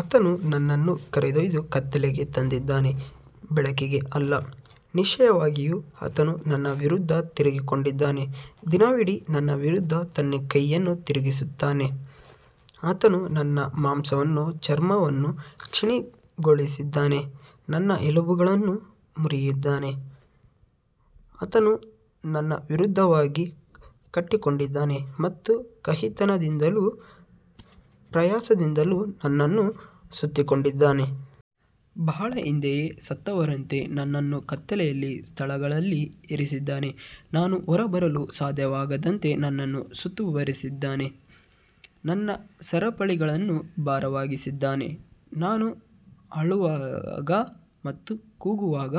ಆತನು ನನ್ನನ್ನು ಕರೆದೊಯ್ದು ಕತ್ತಲೆಗೆ ತಂದಿದ್ದಾನೆ, ಬೆಳಕಿಗೆ ಅಲ್ಲ. ನಿಶ್ಚಯವಾಗಿಯೂ ಆತನು ನನ್ನ ವಿರುದ್ಧ ತಿರುಗಿಕೊಂಡಿದ್ದಾನೆ, ದಿನವಿಡೀ ನನ್ನ ವಿರುದ್ಧ ತನ್ನ ಕೈಯನ್ನು ತಿರುಗಿಸುತ್ತಾನೆ. ಆತನು ನನ್ನ ಮಾಂಸವನ್ನೂ ಚರ್ಮವನ್ನೂ ಕ್ಷೀಣಗೊಳಿಸಿದ್ದಾನೆ, ನನ್ನ ಎಲುಬುಗಳನ್ನು ಮುರಿದಿದ್ದಾನೆ. ಆತನು ನನ್ನ ವಿರುದ್ಧವಾಗಿ ಕಟ್ಟಿಕೊಂಡಿದ್ದಾನೆ ಮತ್ತು ಕಹಿತನದಿಂದಲೂ ಪ್ರಯಾಸದಿಂದಲೂ ನನ್ನನ್ನು ಸುತ್ತಿಕೊಂಡಿದ್ದಾನೆ. ಬಹಳ ಹಿಂದೆಯೇ ಸತ್ತವರಂತೆ ನನ್ನನ್ನು ಕತ್ತಲೆಯ ಸ್ಥಳಗಳಲ್ಲಿ ಇರಿಸಿದ್ದಾನೆ. ನಾನು ಹೊರಬರಲು ಸಾಧ್ಯವಾಗದಂತೆ ನನ್ನನ್ನು ಸುತ್ತುವರಿದಿದ್ದಾನೆ, ನನ್ನ ಸರಪಳಿಗಳನ್ನು ಭಾರವಾಗಿಸಿದ್ದಾನೆ. ನಾನು ಅಳುವಾಗ ಮತ್ತು ಕೂಗುವಾಗ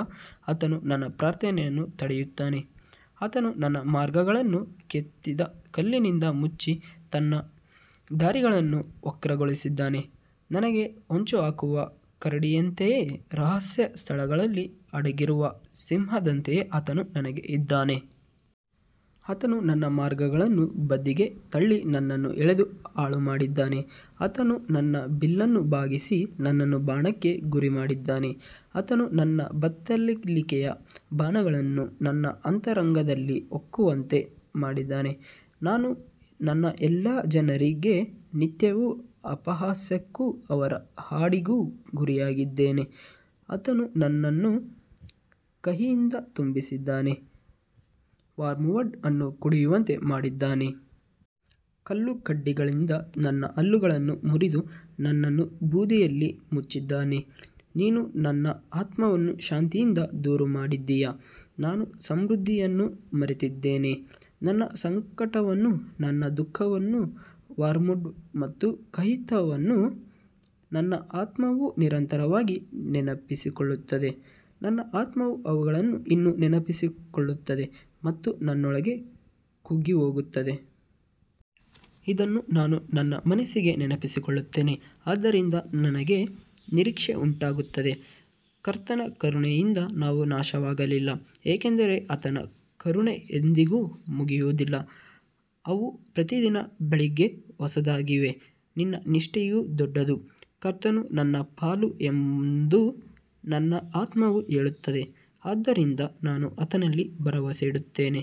ಆತನು ನನ್ನ ಪ್ರಾರ್ಥನೆಯನ್ನು ತಡೆಯುತ್ತಾನೆ. ಆತನು ನನ್ನ ಮಾರ್ಗಗಳನ್ನು ಕೆತ್ತಿದ ಕಲ್ಲಿನಿಂದ ಮುಚ್ಚಿ, ನನ್ನ ದಾರಿಗಳನ್ನು ವಕ್ರಗೊಳಿಸಿದ್ದಾನೆ. ನನಗೆ ಹೊಂಚುಹಾಕುವ ಕರಡಿಯಂತೆಯೂ ರಹಸ್ಯ ಸ್ಥಳಗಳಲ್ಲಿ ಅಡಗಿರುವ ಸಿಂಹದಂತೆಯೂ ಆತನು ನನಗೆ ಇದ್ದಾನೆ. ಆತನು ನನ್ನ ಮಾರ್ಗಗಳನ್ನು ಬದಿಗೆ ತಳ್ಳಿ ನನ್ನನ್ನು ಎಳೆದು ಹಾಳುಮಾಡಿದ್ದಾನೆ. ಆತನು ತನ್ನ ಬಿಲ್ಲನ್ನು ಬಾಗಿಸಿ ನನ್ನನ್ನು ಬಾಣಕ್ಕೆ ಗುರಿಮಾಡಿದ್ದಾನೆ. ಆತನು ತನ್ನ ಬತ್ತಳಿಕೆಯ ಬಾಣಗಳನ್ನು ನನ್ನ ಅಂತರಂಗದಲ್ಲಿ ಹೊಕ್ಕುವಂತೆ ಮಾಡಿದ್ದಾನೆ. ನಾನು ನನ್ನ ಎಲ್ಲಾ ಜನರಿಗೆ ನಿತ್ಯವೂ ಅಪಹಾಸ್ಯಕ್ಕೂ ಅವರ ಹಾಡಿಗೂ ಗುರಿಯಾಗಿದ್ದೇನೆ. ಆತನು ನನ್ನನ್ನು ಕಹಿಯಿಂದ ತುಂಬಿಸಿದ್ದಾನೆ, ವರ್ಮ್ವುಡ್ ಅನ್ನು ಕುಡಿಯುವಂತೆ ಮಾಡಿದ್ದಾನೆ. ಕಲ್ಲುಕಡ್ಡಿಗಳಿಂದ ನನ್ನ ಹಲ್ಲುಗಳನ್ನು ಮುರಿದು, ನನ್ನನ್ನು ಬೂದಿಯಲ್ಲಿ ಮುಚ್ಚಿದ್ದಾನೆ. ನೀನು ನನ್ನ ಆತ್ಮವನ್ನು ಶಾಂತಿಯಿಂದ ದೂರಮಾಡಿದ್ದೀಯ, ನಾನು ಸಮೃದ್ಧಿಯನ್ನು ಮರೆತಿದ್ದೇನೆ. ನನ್ನ ಸಂಕಟವನ್ನೂ ನನ್ನ ದುಃಖವನ್ನೂ, ವರ್ಮ್ವುಡ್ ಮತ್ತು ಕಹಿತನವನ್ನೂ ನನ್ನ ಆತ್ಮವು ನಿರಂತರವಾಗಿ ನೆನಪಿಸಿಕೊಳ್ಳುತ್ತದೆ. ನನ್ನ ಆತ್ಮವು ಅವುಗಳನ್ನು ಇನ್ನೂ ನೆನಪಿಸಿಕೊಳ್ಳುತ್ತದೆ ಮತ್ತು ನನ್ನೊಳಗೆ ಕುಗ್ಗಿಹೋಗುತ್ತದೆ. ಇದನ್ನು ನಾನು ನನ್ನ ಮನಸ್ಸಿಗೆ ನೆನಪಿಸಿಕೊಳ್ಳುತ್ತೇನೆ, ಆದ್ದರಿಂದ ನನಗೆ ನಿರೀಕ್ಷೆ ಉಂಟಾಗುತ್ತದೆ. ಕರ್ತನ ಕರುಣೆಯಿಂದ ನಾವು ನಾಶವಾಗಲಿಲ್ಲ, ಏಕೆಂದರೆ ಆತನ ಕರುಣೆ ಎಂದಿಗೂ ಮುಗಿಯುವುದಿಲ್ಲ. ಅವು ಪ್ರತಿದಿನ ಬೆಳಿಗ್ಗೆ ಹೊಸದಾಗಿವೆ, ನಿನ್ನ ನಿಷ್ಠೆಯು ದೊಡ್ಡದು. ಕರ್ತನು ನನ್ನ ಪಾಲು ಎಂದು ನನ್ನ ಆತ್ಮವು ಹೇಳುತ್ತದೆ, ಆದ್ದರಿಂದ ನಾನು ಆತನಲ್ಲಿ ಭರವಸೆಯಿಡುತ್ತೇನೆ.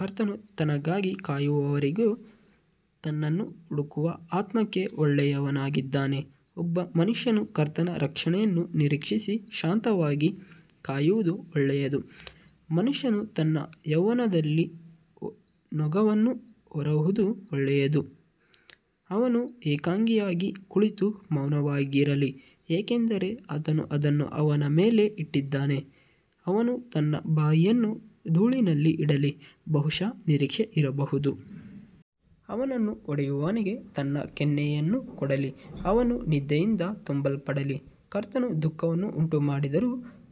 ಕರ್ತನು ತನಗಾಗಿ ಕಾಯುವವರಿಗೆ, ತನ್ನನ್ನು ಹುಡುಕುವ ಆತ್ಮಕ್ಕೆ ಒಳ್ಳೆಯವನಾಗಿದ್ದಾನೆ. ಒಬ್ಬ ಮನುಷ್ಯನು ಕರ್ತನ ರಕ್ಷಣೆಯನ್ನು ನಿರೀಕ್ಷಿಸಿ ಶಾಂತವಾಗಿ ಕಾಯುವುದು ಒಳ್ಳೆಯದು. ಮನುಷ್ಯನು ತನ್ನ ಯೌವನದಲ್ಲಿ ನೊಗವನ್ನು ಹೊರುವುದು ಒಳ್ಳೆಯದು. ಅವನು ಏಕಾಂಗಿಯಾಗಿ ಕುಳಿತು ಮೌನವಾಗಿರಲಿ, ಏಕೆಂದರೆ ಆತನು ಅದನ್ನು ಅವನ ಮೇಲೆ ಇಟ್ಟಿದ್ದಾನೆ. ಅವನು ತನ್ನ ಬಾಯಿಯನ್ನು ಧೂಳಿನಲ್ಲಿ ಇಡಲಿ, ಬಹುಶಃ ನಿರೀಕ್ಷೆ ಇರಬಹುದು. ಅವನನ್ನು ಹೊಡೆಯುವವನಿಗೆ ತನ್ನ ಕೆನ್ನೆಯನ್ನು ಕೊಡಲಿ, ಅವನು ನಿಂದೆಯಿಂದ ತುಂಬಲ್ಪಡಲಿ. ಕರ್ತನು ದುಃಖವನ್ನು ಉಂಟುಮಾಡಿದರೂ,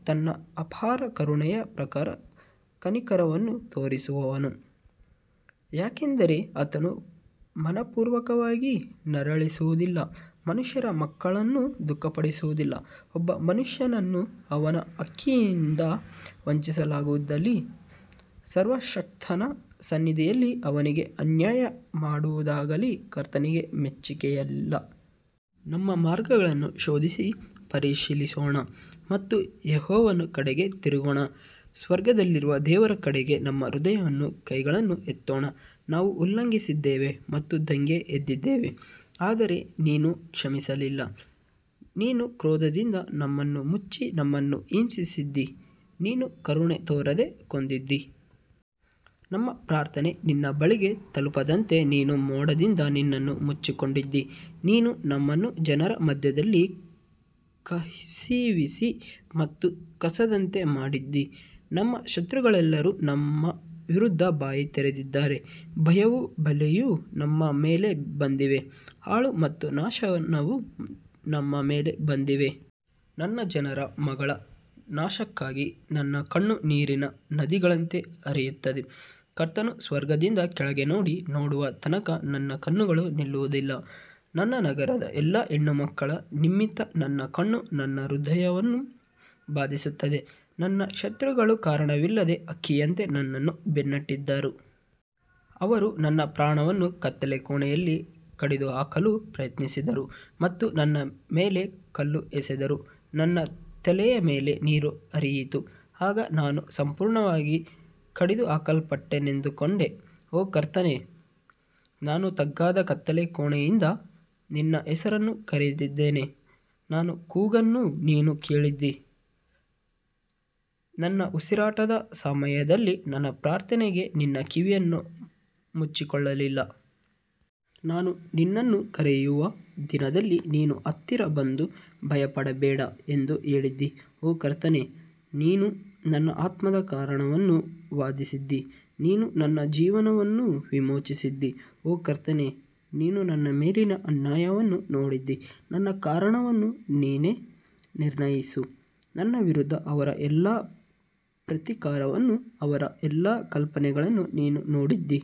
ತನ್ನ ಅಪಾರ ಕರುಣೆಯ ಪ್ರಕಾರ ಕನಿಕರವನ್ನು ತೋರಿಸುವನು. ಯಾಕಂದರೆ ಆತನು ಮನಃಪೂರ್ವಕವಾಗಿ ನರಳಿಸುವುದಿಲ್ಲ, ಮನುಷ್ಯರ ಮಕ್ಕಳನ್ನು ದುಃಖಪಡಿಸುವುದಿಲ್ಲ. ಒಬ್ಬ ಮನುಷ್ಯನನ್ನು ಅವನ ಹಕ್ಕಿನಿಂದ ವಂಚಿಸುವುದಾಗಲಿ, ಸರ್ವಶಕ್ತನ ಸನ್ನಿಧಿಯಲ್ಲಿ ಅವನಿಗೆ ಅನ್ಯಾಯ ಮಾಡುವುದಾಗಲಿ ಕರ್ತನಿಗೆ ಮೆಚ್ಚಿಕೆಯಲ್ಲ. ನಮ್ಮ ಮಾರ್ಗಗಳನ್ನು ಶೋಧಿಸಿ ಪರಿಶೀಲಿಸೋಣ ಮತ್ತು ಯೆಹೋವನ ಕಡೆಗೆ ತಿರುಗೋಣ. ಸ್ವರ್ಗದಲ್ಲಿರುವ ದೇವರ ಕಡೆಗೆ ನಮ್ಮ ಹೃದಯವನ್ನೂ ಕೈಗಳನ್ನೂ ಎತ್ತೋಣ. ನಾವು ಉಲ್ಲಂಘಿಸಿದ್ದೇವೆ ಮತ್ತು ದಂಗೆ ಎದ್ದಿದ್ದೇವೆ, ಆದರೆ ನೀನು ಕ್ಷಮಿಸಲಿಲ್ಲ. ನೀನು ಕ್ರೋಧದಿಂದ ನಮ್ಮನ್ನು ಮುಚ್ಚಿ ನಮ್ಮನ್ನು ಹಿಂಸಿಸಿದ್ದೀ. ನೀನು ಕರುಣೆ ತೋರದೆ ಕೊಂದಿದ್ದೀ. ನಮ್ಮ ಪ್ರಾರ್ಥನೆ ನಿನ್ನ ಬಳಿಗೆ ತಲುಪದಂತೆ ನೀನು ಮೋಡದಿಂದ ನಿನ್ನನ್ನು ಮುಚ್ಚಿಕೊಂಡಿದ್ದೀ. ನೀನು ನಮ್ಮನ್ನು ಜನರ ಮಧ್ಯದಲ್ಲಿ ಕಸಿವಿಸಿ ಮತ್ತು ಕಸದಂತೆ ಮಾಡಿದ್ದೀ. ನಮ್ಮ ಶತ್ರುಗಳೆಲ್ಲರೂ ನಮ್ಮ ವಿರುದ್ಧ ಬಾಯಿ ತೆರೆದಿದ್ದಾರೆ. ಭಯವೂ ಬಲೆಯೂ ನಮ್ಮ ಮೇಲೆ ಬಂದಿವೆ, ಹಾಳು ಮತ್ತು ನಾಶನವು ನಮ್ಮ ಮೇಲೆ ಬಂದಿದೆ. ನನ್ನ ಜನರ ಮಗಳ ನಾಶಕ್ಕಾಗಿ ನನ್ನ ಕಣ್ಣು ನೀರಿನ ನದಿಗಳಂತೆ ಹರಿಯುತ್ತದೆ. ಕರ್ತನು ಸ್ವರ್ಗದಿಂದ ಕೆಳಗೆ ನೋಡಿ ನೋಡುವ ತನಕ ನನ್ನ ಕಣ್ಣುಗಳು ನಿಲ್ಲುವುದಿಲ್ಲ. ನನ್ನ ನಗರದ ಎಲ್ಲಾ ಹೆಣ್ಣುಮಕ್ಕಳ ನಿಮಿತ್ತ ನನ್ನ ಕಣ್ಣು ನನ್ನ ಹೃದಯವನ್ನು ಬಾಧಿಸುತ್ತದೆ. ನನ್ನ ಶತ್ರುಗಳು ಕಾರಣವಿಲ್ಲದೆ ಹಕ್ಕಿಯಂತೆ ನನ್ನನ್ನು ಬೆನ್ನಟ್ಟಿದರು. ಅವರು ನನ್ನ ಪ್ರಾಣವನ್ನು ಕತ್ತಲಕೋಣೆಯಲ್ಲಿ ಕಡಿದುಹಾಕಲು ಪ್ರಯತ್ನಿಸಿದರು ಮತ್ತು ನನ್ನ ಮೇಲೆ ಕಲ್ಲು ಎಸೆದರು. ನನ್ನ ತಲೆಯ ಮೇಲೆ ನೀರು ಹರಿಯಿತು, ಆಗ ನಾನು ಸಂಪೂರ್ಣವಾಗಿ ಕಡಿದುಹಾಕಲ್ಪಟ್ಟೆನೆಂದುಕೊಂಡೆ. ಓ ಕರ್ತನೇ, ನಾನು ತಗ್ಗಾದ ಕತ್ತಲಕೋಣೆಯಿಂದ ನಿನ್ನ ಹೆಸರನ್ನು ಕರೆದಿದ್ದೇನೆ. ನನ್ನ ಕೂಗನ್ನು ನೀನು ಕೇಳಿದ್ದೀ, ನನ್ನ ಉಸಿರಾಟದ ಸಮಯದಲ್ಲಿ ನನ್ನ ಪ್ರಾರ್ಥನೆಗೆ ನಿನ್ನ ಕಿವಿಯನ್ನು ಮುಚ್ಚಿಕೊಳ್ಳಲಿಲ್ಲ. ನಾನು ನಿನ್ನನ್ನು ಕರೆಯುವ ದಿನದಲ್ಲಿ ನೀನು ಹತ್ತಿರ ಬಂದು, ಭಯಪಡಬೇಡ ಎಂದು ಹೇಳಿದ್ದೀ. ಓ ಕರ್ತನೇ, ನೀನು ನನ್ನ ಆತ್ಮದ ಕಾರಣವನ್ನು ವಾದಿಸಿದ್ದೀ, ನೀನು ನನ್ನ ಜೀವನವನ್ನು ವಿಮೋಚಿಸಿದ್ದೀ. ಓ ಕರ್ತನೇ, ನೀನು ನನ್ನ ಮೇಲಿನ ಅನ್ಯಾಯವನ್ನು ನೋಡಿದ್ದೀ, ನನ್ನ ಕಾರಣವನ್ನು ನೀನೇ ನಿರ್ಣಯಿಸು. ನನ್ನ ವಿರುದ್ಧ ಅವರ ಎಲ್ಲಾ ಪ್ರತೀಕಾರವನ್ನೂ ಅವರ ಎಲ್ಲಾ ಕಲ್ಪನೆಗಳನ್ನೂ ನೀನು ನೋಡಿದ್ದೀ.